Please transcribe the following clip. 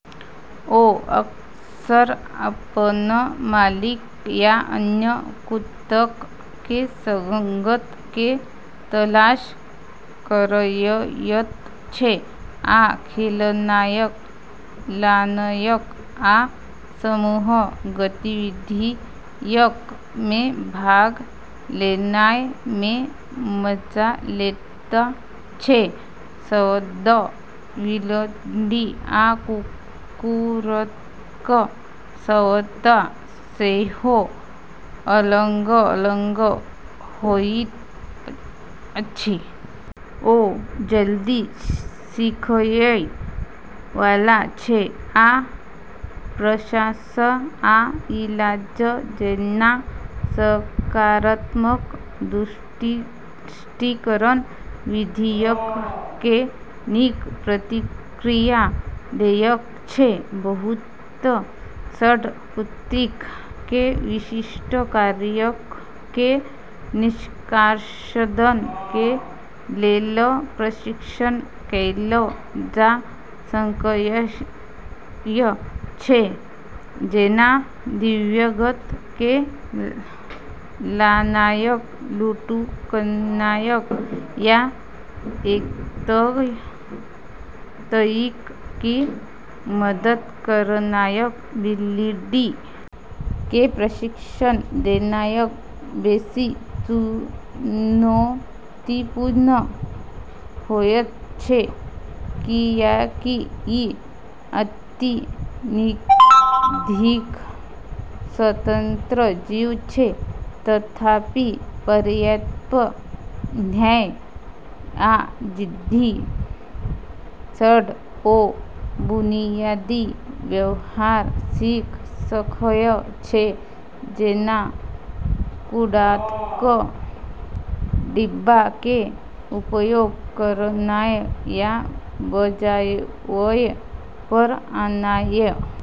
ओ अक्सर अपन मालिक या अन्य कुत्ताक के संगत के तलाश करएयत छै ।आ खेलनाय, लानाय आ समूह गतिविधियक मे भाग लेनाय मे मजा लैत छै ।संवाद: बिलाड़ि आ कुकुरक संवाद सेहो अलग-अलग होइत अछि। ओ जल्दी सीखएय वाला छै आ प्रशंसा आ इलाज जैना सकारात्मक सुदृढीकरण विधियक के नीक प्रतिक्रिया देयत छै। बहुत सऽ कुत्ताक के विशिष्ट कार्यक के निष्पादन के लेल प्रशिक्षित कैल जा सकएय छै, जेना दिव्यांगक के लानाय, लुढ़कनाय, या एतय तइक की मदद करनाय ।बिलाड़ि के प्रशिक्षण देनाय बेसि चुनौतीपूर्ण होयत छै, कियाकि इ अत्यधिक स्वतंत्र जीव छै ।तथापि, पर्याप्त धैर्य आ जिद्द सऽ ओ बुनियादी व्यवहार सीख सकय छै जेना कूड़ाक डिब्बा के उपयोग करनाय या बजावय पर आनाय।